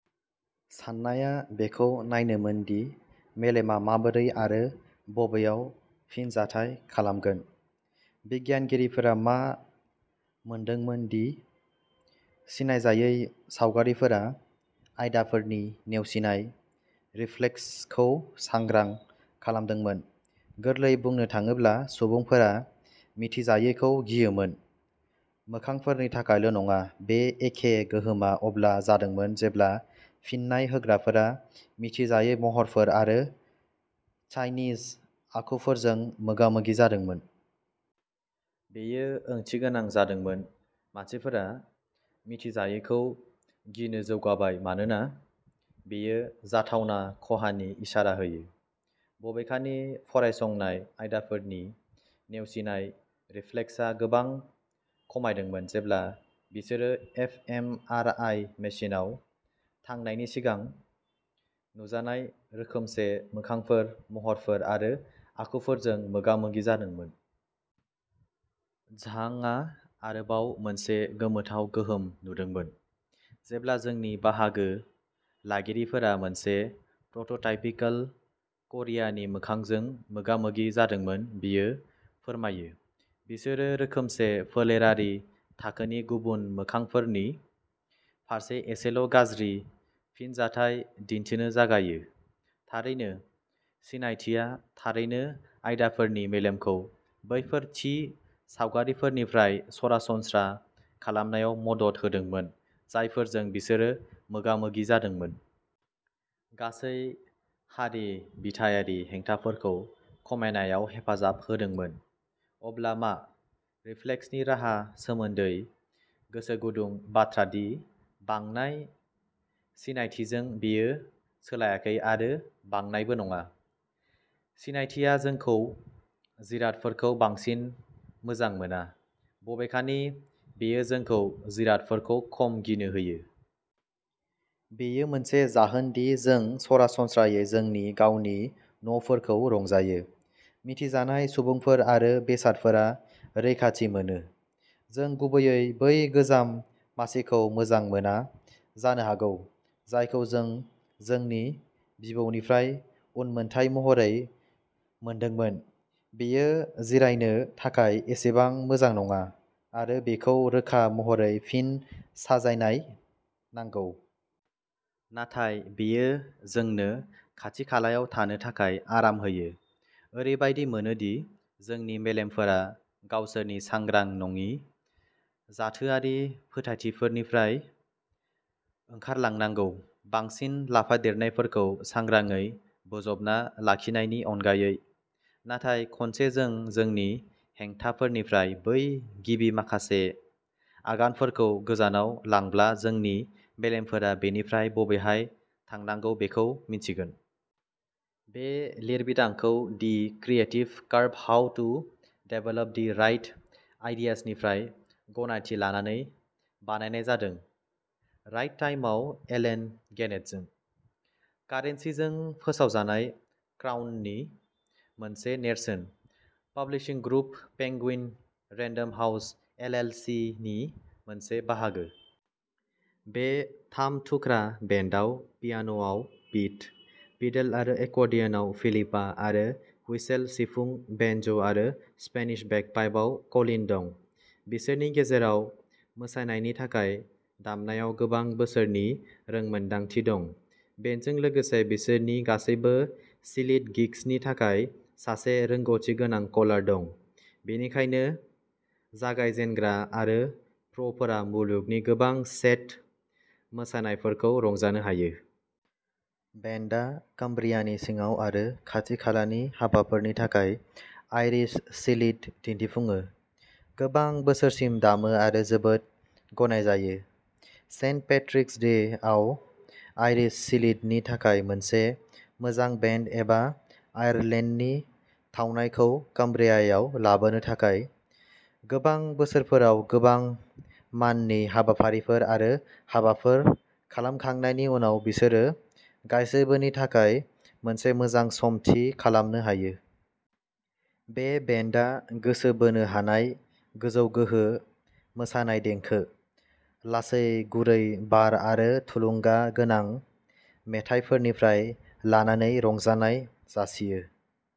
साननाया बेखौ नायनोमोन दि मेलेमआ माबोरै आरो बबेयाव फिनजाथाय खालामगोन। बिगियानगिरिफोरा मा मोनदोंमोन दि सिनायजायै सावगारिफोरा आयदाफोरनि नेवसिनाय रिफ्लेक्सखौ सांग्रां खालामदोंमोन गोरलैयै बुंनो थाङोब्ला, सुबुंफोरा मिथिजायैखौ गियोमोन। मोखांफोरनि थाखायल' नङा, बे एखे गोहोमआ अब्ला जादोंमोन जेब्ला फिन्नाय होग्राफोरा मिथिजायै महरफोर आरो चाइनिज आखुफोरजों मोगा मोगि जादोंमोन। बेयो ओंथिगोनां जादोंमोन मानसिफ्रा मिथिजायैखौ गिनो जौगाबाय मानोना बेयो जाथावना खहानि इसारा होयो। बबेखानि, फरायसंनाय आयदाफोरनि नेवसिनाय रिफ्लेक्सआ गोबां खमायदोंमोन जेब्ला बिसोरो एफ एम आर आइ मेसिनआव थांनायनि सिगां नुजानाय रोखोमसे मोखांफोर, महरफोर आरो आखुफोरजों मोगा मोगि जादोंमोन। झांगआ आरोबाव मोनसे गोमोथाव गोहोम नुदोंमोन। जेब्ला जोंनि बाहागो लागिरिफोरा मोनसे प्रोटोटाइपिकेल क'रियानि मोखांजों मोगा मोगि जादोंमोन बियो फोरमायो, बिसोरो रोखोमसे फोलेरारि थाखोनि गुबुन मोखांफोरनि फारसे एसेल' गाज्रि फिनजाथाय दिनथिनो जागायो। थारैनो, सिनायथिआ थारैनो आयदाफोरनि मेलेमखौ बैफोर थि सावगारिफोरनिफ्राय सरासनस्रा खालामनायाव मदद होदोंमोन जायफोरजों बिसोर मोगा मोगि जादोंमोन। गासै हारि बिथायारि हेंथाफोरखौ खमायनायाव हेफाजाब होदोंमोन। अब्ला मा? रिफ्लेक्सनि राहा सोमोन्दै, गोसो गुदुं बाथ्रा दि, बांनाय सिनायथिजों, बेयो सोलायाखै आरो बांनायबो नङा। सिनायथिआ जोंखौ जिरादफोरखौ बांसिन मोजां मोना। बबेखानि, बेयो जोंखौ जिरादफोरखौ खम गिनो होयो। बेयो मोनसे जाहोन दि जों सरासनस्रायै जोंनि गावनि न'फोरखौ रंजायो। मिथिजानाय सुबुंफोर आरो बेसादफोरा रैखाथि मोनो। जों गुबैयै बै गोजाम मासिखौ मोजां मोना जानो हागौ जायखौ जों जोंनि बिबौनिफ्राय उनमोनथाइ महरै मोनदोंमोन बेयो जिरायनो थाखाय एसेबां मोजां नङा आरो बेखौ रोखा महरै फिन साजायनाय नांगौ । नाथाय बेयो जोंनो खाथि-खालायाव थानो थाखाय आराम होयो। ओरैबादि मोनोदि जोंनि मेलेमफोरा गावसोरनि सांग्रां नङि जाथोआरि फोथायथिफोरनिफ्राय ओंखारलांनांगौ, बांसिन लाफादेरनायफोरखौ सांग्राङै बोजबना लाखिनायनि अनगायै। नाथाय खनसे जों जोंनि हेंथाफोरनिफ्राय बै गिबि माखासे आगानफोरखौ गोजानाव लांब्ला, जोंनि मेलेमफोरा बेनिफ्राय बबेहाय थांनांगौ बेखौ मिन्थिगोन। बे लिरबिदांखौ the creative curve how to develop the right आइडियासनिफ्राय गनायथि लानानै बानायनाय जादों, राइट टाइमआव एलेन गेनेटजों। कारेन्सिजों फोसावजानाय, क्राउननि मोनसे नेरसोन। Publishing group, Penguin Random House L L C नि मोनसे बाहागो। बे थाम थुख्रा बेन्डआव पियान' आव पीट, फिडल आरो एकर्डियनआव फिलिपा, आरो हुइसेल, सिफुं, बेंज'आरो स्पेनिश बेगपाइप आव कलिन दं। बिसोरनि गेजेराव मोसानायनि थाखाय दामनायाव गोबां बोसोरनि रोंमोनदांथि दं। बेन्डजों लोगोसे बिसोरनि गासिबो सिलिध गिग्सनि थाखाय सासे रोंग'थि गोनां कलार दं, बेनिखायनो जागायजेनग्रा आरो प्र'फोरा मुलुगनि गोबां सेट मोसानायफोरखौ रंजानो हायो। बेन्डआ कम्ब्रियानि सिङाव आरो खाथि-खालानि हाबाफोरनि थाखाय आइरिश सिलिध दिन्थिफुङो। गोबां बोसोरसिम दामो आरो जोबोद गनायजायो। सेन्ट पेट्रिक'स डे'आव आइरिश सिलिध नि थाखाय मोनसे मोजां बेन्ड, एबा आयारलेन्डनि थावनायखौ कम्ब्रियायाव लाबोनो थाखाय। गोबां बोसोरफोराव गोबां माननि हाबाफारिफोर आरो हाबाफोर खालामखांनायनि उनाव बिसोरो गासिबोनि थाखाय मोनसे मोजां सम थि खालामनो हायो। बे बेन्डआ गोसो बोनो हानाय गोजौ गोहो मोसानाय देंखो, लासै गुरै बार आरो थुलुंगा गोनां मेथाइफोरनिफ्राय लानानै रंजानाय जासियो।